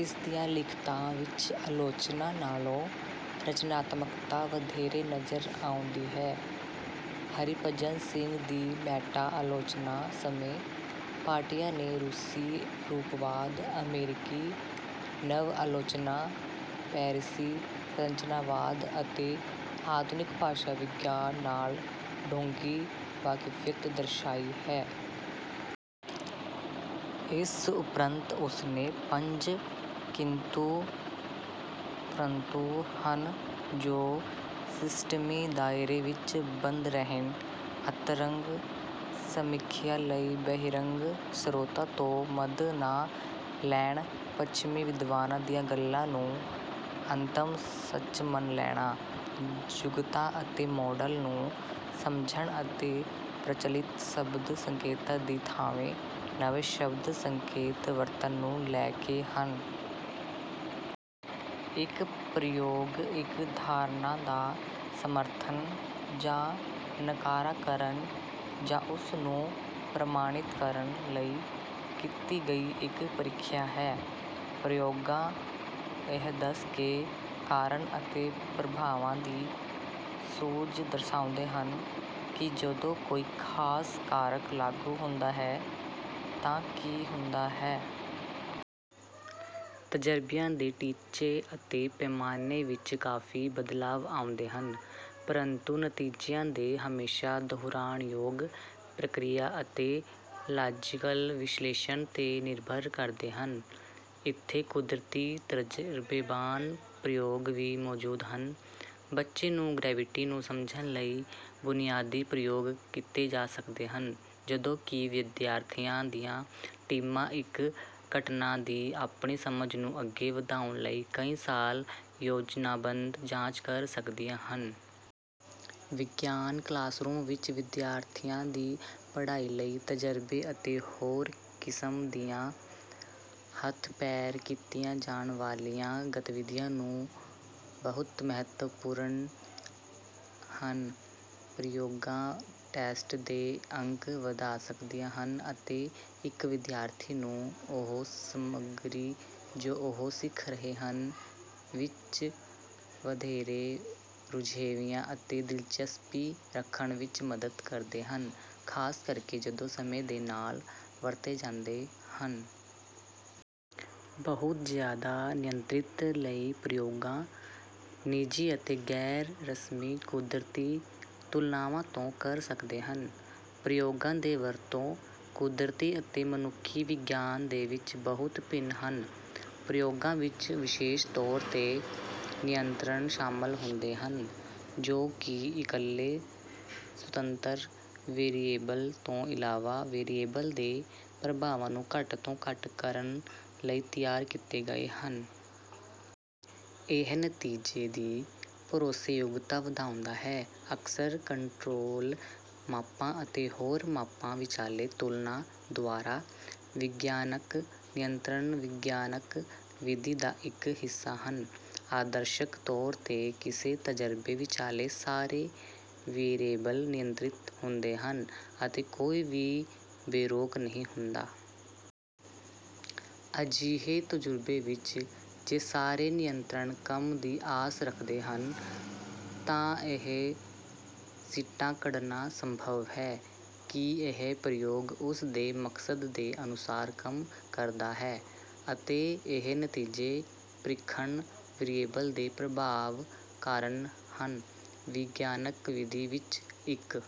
ਇਸਦੀਆਂ ਲਿਖਤਾਂ ਵਿੱਚ ਆਲੋਚਨਾ ਨਾਲੋਂ ਰਚਨਾਤਮਕਤਾ ਵਧੇਰੇ ਨਜ਼ਰ ਆਉਂਦੀ ਹੈ। ਹਰਿਭਜਨ ਸਿੰਘ ਦੀ ਮੈਟਾ ਆਲੋਚਨਾ ਸਮੇਂ ਭਾਟੀਆ ਨੇ ਰੂਸੀ ਰੂਪਵਾਦ, ਅਮਰੀਕੀ ਨਵ-ਆਲੋਚਨਾ, ਪੈਰਿਸੀ ਸੰਰਚਨਾਵਾਦ ਅਤੇ ਆਧੁਨਿਕ ਭਾਸ਼ਾ ਵਿਗਿਆਨ ਨਾਲ ਡੂੰਘੀ ਵਾਕਫੀਅਤ ਦਰਸ਼ਾਈ ਹੈ। ਇਸ ਉਪਰੰਤ ਉਸਨੇ ਪੰਜ ਕਿੰਤੂ-ਪ੍ਰੰਤੂ ਹਨ ਜੋ ਸਿਸਟਮੀ ਦਾਇਰੇ ਵਿੱਚ ਬੰਦ ਰਹਿਣ, ਅੰਤਰੰਗ ਸਮੀਖਿਆ ਲਈ ਬਹਿਰੰਗ ਸਰੋਤਾਂ ਤੋਂ ਮਦ ਨਾ ਲੈਣ, ਪੱਛਮੀ ਵਿਦਵਾਨਾਂ ਦੀਆਂ ਗੱਲਾਂ ਨੂੰ ਅੰਤਮ ਸੱਚ ਮੰਨ ਲੈਣਾ, ਜੁਗਤਾਂ ਅਤੇ ਮਾਡਲ ਨੂੰ ਸਮਝਣ ਅਤੇ ਪ੍ਰਚੱਲਿਤ ਸ਼ਬਦ-ਸੰਕੇਤਾਂ ਦੀ ਥਾਂਵੇਂ ਨਵੇਂ ਸ਼ਬਦ-ਸੰਕੇਤ ਵਰਤਣ ਨੂੰ ਲੈ ਕੇ ਹਨ। ਇੱਕ ਪ੍ਰਯੋਗ ਇੱਕ ਧਾਰਨਾ ਦਾ ਸਮਰਥਨ, ਜਾਂ ਨਕਾਰਾ ਕਰਨ ਜਾਂ ਉਸ ਨੂੰ ਪ੍ਰਮਾਣਿਤ ਕਰਨ ਲਈ ਕੀਤੀ ਗਈ ਇੱਕ ਪ੍ਰਰਿਖਿਆ ਹੈ। ਪ੍ਰਯੋਗਾਂ ਇਹ ਦੱਸ ਕੇ ਕਾਰਨ-ਅਤੇ-ਪ੍ਰਭਾਵਾਂ ਦੀ ਸੂਝ ਦਰਸਾਉਂਦੇ ਹਨ ਕਿ ਜਦੋਂ ਕੋਈ ਖ਼ਾਸ ਕਾਰਕ ਲਾਗੂ ਹੁੰਦਾ ਹੈ ਤਾਂ ਕੀ ਹੁੰਦਾ ਹੈ। ਤਜਰਬਿਆਂ ਦੇ ਟੀਚੇ ਅਤੇ ਪੈਮਾਨੇ ਵਿੱਚ ਕਾਫ਼ੀ ਬਦਲਾਅ ਆਉਂਦੇ ਹਨ, ਪਰੰਤੂ ਨਤੀਜਿਆਂ ਦੇ ਹਮੇਸ਼ਾ ਦੁਹਰਾਉਣਯੋਗ ਪ੍ਰਕਿਰਿਆ ਅਤੇ ਲਾਜ਼ੀਕਲ ਵਿਸ਼ਲੇਸ਼ਣ 'ਤੇ ਨਿਰਭਰ ਕਰਦੇ ਹਨ। ਇੱਥੇ ਕੁਦਰਤੀ ਤਜਰਬੇਬਾਜ਼ ਪ੍ਰਯੋਗ ਵੀ ਮੌਜੂਦ ਹਨ। ਬੱਚੇ ਨੂੰ ਗ੍ਰੈਵਿਟੀ ਨੂੰ ਸਮਝਣ ਲਈ ਬੁਨਿਆਦੀ ਪ੍ਰਯੋਗ ਕੀਤੇ ਜਾ ਸਕਦੇ ਹਨ, ਜਦੋਂ ਕਿ ਵਿਦਿਆਰਥੀਆਂ ਦੀਆਂ ਟੀਮਾਂ ਇੱਕ ਘਟਨਾ ਦੀ ਆਪਣੀ ਸਮਝ ਨੂੰ ਅੱਗੇ ਵਧਾਉਣ ਲਈ ਕਈ ਸਾਲ ਯੋਜਨਾਬੰਧ ਜਾਂਚ ਕਰ ਸਕਦੇ ਹਨ। ਵਿਗਿਆਨ ਕਲਾਸਰੂਮ ਵਿੱਚ ਵਿਦਿਆਰਥੀਆਂ ਦੀ ਪੜ੍ਹਾਈ ਲਈ ਤਜਰਬੇ ਅਤੇ ਹੋਰ ਕਿਸਮ ਦੀਆਂ ਹੱਥ-ਪੈਰ ਕੀਤੀਆਂ ਜਾਣ ਵਾਲੀਆਂ ਗਤੀਵਿਧੀਆਂ ਬਹੁਤ ਮਹੱਤਵਪੂਰਨ ਹਨ। ਪ੍ਰਯੋਗਾਂ ਟੈਸਟ ਦੇ ਅੰਕ ਵਧਾ ਸਕਦੀਆਂ ਹਨ ਅਤੇ ਇੱਕ ਵਿਦਿਆਰਥੀ ਨੂੰ ਉਹ ਸਮੱਗਰੀ ਜੋ ਉਹ ਸਿੱਖ ਰਹੇ ਹਨ ਵਿੱਚ ਵਧੇਰੇ ਰੁਝੇਵਿਆਂ ਅਤੇ ਦਿਲਚਸਪੀ ਰੱਖਣ ਵਿੱਚ ਮਦਦ ਕਰਦੇ ਹਨ, ਖ਼ਾਸ ਕਰਕੇ ਜਦੋਂ ਸਮੇਂ ਦੇ ਨਾਲ ਵਰਤੇ ਜਾਂਦੇ ਹਨ। ਬਹੁਤ ਜ਼ਿਆਦਾ ਨਿਯੰਤ੍ਰਿਤ ਲਈ ਪ੍ਰਯੋਗਾਂ ਨਿੱਜੀ ਅਤੇ ਗੈਰ-ਰਸਮੀ ਕੁਦਰਤੀ ਤੁਲਨਾਵਾਂ ਤੋਂ ਕਰ ਸਕਦੇ ਹਨ। ਪ੍ਰਯੋਗਾਂ ਦੇ ਵਰਤੋਂ ਕੁਦਰਤੀ ਅਤੇ ਮਨੁੱਖੀ ਵਿਗਿਆਨ ਦੇ ਵਿੱਚ ਬਹੁਤ ਭਿੰਨ ਹਨ। ਪ੍ਰਯੋਗਾਂ ਵਿੱਚ ਵਿਸ਼ੇਸ਼ ਤੌਰ 'ਤੇ ਨਿਯੰਤਰਣ ਸ਼ਾਮਲ ਹੁੰਦੇ ਹਨ, ਜੋ ਕਿ ਇੱਕਲੇ ਸੁਤੰਤਰ ਵੇਰੀਏਬਲ ਤੋਂ ਇਲਾਵਾ ਵੇਰੀਏਬਲ ਦੇ ਪ੍ਰਭਾਵਾਂ ਨੂੰ ਘੱਟ ਤੋਂ ਘੱਟ ਕਰਨ ਲਈ ਤਿਆਰ ਕੀਤੇ ਗਏ ਹਨ। ਇਹ ਨਤੀਜੇ ਦੀ ਭਰੋਸੇਯੋਗਤਾ ਵਧਾਉਂਦਾ ਹੈ, ਅਕਸਰ ਕੰਟਰੋਲ ਮਾਪਾਂ ਅਤੇ ਹੋਰ ਮਾਪਾਂ ਵਿੱਚਾਲੇ ਤੁਲਨਾ ਦੁਆਰਾ। ਵਿਗਿਆਨਕ ਨਿਯੰਤਰਣ ਵਿਗਿਆਨਕ ਵਿਧੀ ਦਾ ਇੱਕ ਹਿੱਸਾ ਹਨ। ਆਦਰਸ਼ਕ ਤੌਰ ਤੇ, ਕਿਸੇ ਤਜਰਬੇ ਵਿੱਚਾਲੇ ਸਾਰੇ ਵੇਰੀਏਬਲ ਨਿਯੰਤਰਿਤ ਹੁੰਦੇ ਹਨ ਅਤੇ ਕੋਈ ਵੀ ਬੇਰੋਕ ਨਹੀਂ ਹੁੰਦਾ। ਅਜਿਹੇ ਤਜ਼ੁਰਬੇ ਵਿੱਚ, ਜੇ ਸਾਰੇ ਨਿਯੰਤ੍ਰਣ ਕੰਮ ਦੀ ਆਸ ਰੱਖਦੇ ਹਨ, ਤਾਂ ਇਹ ਸਿੱਟਾ ਕੱਢਣਾ ਸੰਭਵ ਹੈ ਕਿ ਇਹ ਪ੍ਰਯੋਗ ਉਸ ਦੇ ਮਕਸਦ ਦੇ ਅਨੁਸਾਰ ਕੰਮ ਕਰਦਾ ਹੈ, ਅਤੇ ਇਹ ਨਤੀਜੇ ਪ੍ਰੀਖਣ ਵੇਰੀਏਬਲ ਦੇ ਪ੍ਰਭਾਵ ਕਾਰਨ ਹਨ। ਵਿਗਿਆਨਕ ਵਿਧੀ ਵਿੱਚ, ਇੱਕ